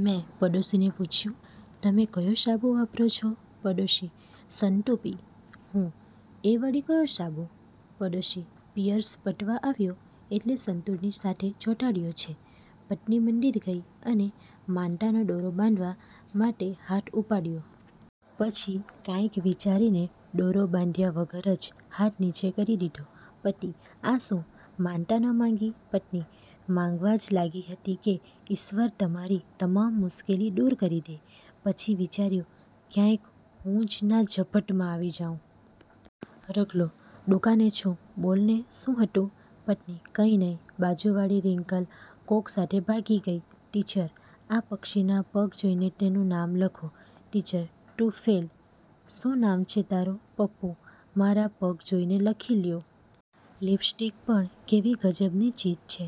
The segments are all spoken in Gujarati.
મેં પડોશીને પુછયુ: તમે કયો સાબુ વાપરો છો? પડોશી: સંતુપી. હું: એ વળી ક્યો સાબુ? પડોશી: પીઅર્સ પતવા આવ્યો એટલે સંતુરની સાથે ચોંટાડયો છે. પત્ની મંદિર ગઈ અને માનતાનો દોરો બાંધવા માટે હાથ ઉપાડ્યો. પછી કાંઈક વિચારીને દોરો બાંધ્યા વગર જ હાથ નીચે કરી લીધો. પતિ: આ શું? માનતા ન માગી? પત્ની: માગવા જ લાગી હતી કે ઈશ્વર તમારી તમામ મુશ્કેલી દુર કરી દે. પછી વિચાર્યું ક્યાંક હું જ ના ઝપટમાં આવી જાઉ. રઘલો: દુકાને છું… બોલ ને, સું હતું? પત્ની: કઈ નઈ… બાજુ વાળી રિંકલ કોક સાથે ભાગી ગઈ. ટીચર: આ પક્ષીના પગ જોઈને તેનું નામ લખો. ટીચર: તું ફેલ. શું નામ છે તારું? પપ્પુ: મારા પગ જોઈને લખી લ્યો. લિપસ્ટિક પણ કેવી ગજબની ચીજ છે.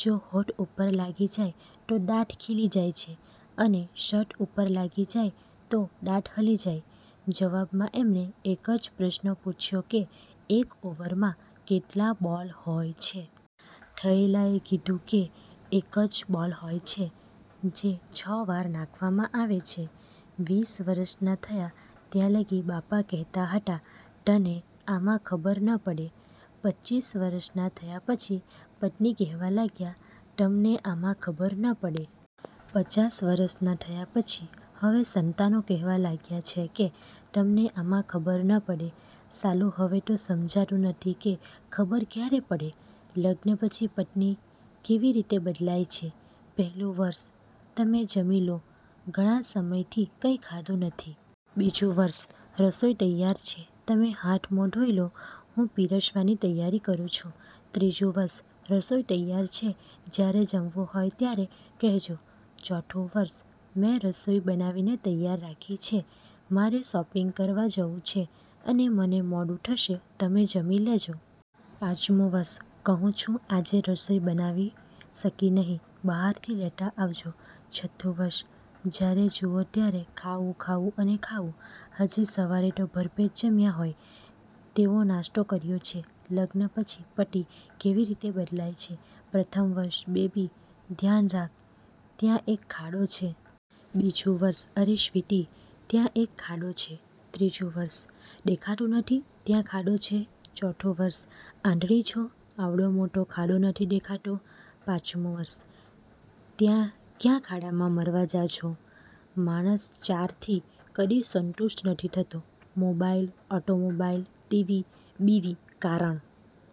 જો હોઠ ઉપર લાગી જાય તો દાંત ખીલી જાય છે.. અને શર્ટ ઉપર લાગી જાય તો દાંત હલી જાય. જવાબ માં એમણે એક જ પ્રશ્ન પૂછ્યો કે, એક ઓવરમાં કેટલા બોલ હોય છે? થયેલા એ કીધું કે એક જ બોલ હોય છે, જે છ વાર નાખવામાં આવે છે. વીસ વરસના થયા ત્યાં લગી બાપા કહેતા હતા, તને આમાં ખબર ન પડે. પચીસ વરસના થયા પછી પત્ની કહેવા લાગ્યા, તમને આમાં ખબર ન પડે. પચાસ વરસના થયા પછી હવે સંતાનો કહેવા લાગ્યા છે કે તમને આમાં ખબર ન પડે. સાલું, હવે તો સમજાતું નથી કે ખબર ક્યારે પડે? લગ્ન પછી પત્ની કેવી રીતે બદલાય છે:- પહેલું વર્ષ: તમે જમી લો, ઘણા સમયથી કંઈ ખાધું નથી. બીજું વર્ષ: રસોઈ તૈયાર છે, તમે હાથ-મોં ધોઇલો હું પીરસવાની તૈયારી કરું છું. ત્રીજું વર્ષ: રસોઈ તૈયાર છે, જ્યારે જમવું હોય ત્યારે કહેજો. ચોથું વર્ષ: મેં રસોઈ બનાવીને તૈયાર રાખી છે. મારે શોપિંગ કરવા જવું છે અને મને મોડું થશે, તમે જમી લેજો. પાંચમું વર્ષ: કહું છું આજે રસોઈ બનાવી શકી નહીં, બહારથી લેતા આવજો. છઠ્ઠું વર્ષ: જ્યારે જુઓ ત્યારે ખાવું, ખાવું અને ખાવું. હજી સવારે તો ભરપેટ જમ્યા હોય તેવો નાસ્તો કર્યો છે…!! લગ્ન પછી પતિ કેવી રીતે બદલાય છે:- પ્રથમ વર્ષ: બેબી, ધ્યાન રાખ, ત્યાં એક ખાડો છે. બીજું વર્ષ: અરે સ્વીટી, ત્યાં એક ખાડો છે. ત્રીજું વર્ષ: દેખાતું નથી, ત્યાં ખાડો છે. ચોથું વર્ષ: આંધળી છો? આવડો મોટો ખાડો નથી દેખાતો. પાંચમું વર્ષ: ત્યાં ક્યાં ખાડામાં મરવા જા છો…!! માણસ ચારથી કદી સંતુષ્ટ નથી થતો: મોબાઈલ, ઓટોમોબાઈલ, ટી. વી., બીવી. કારણ?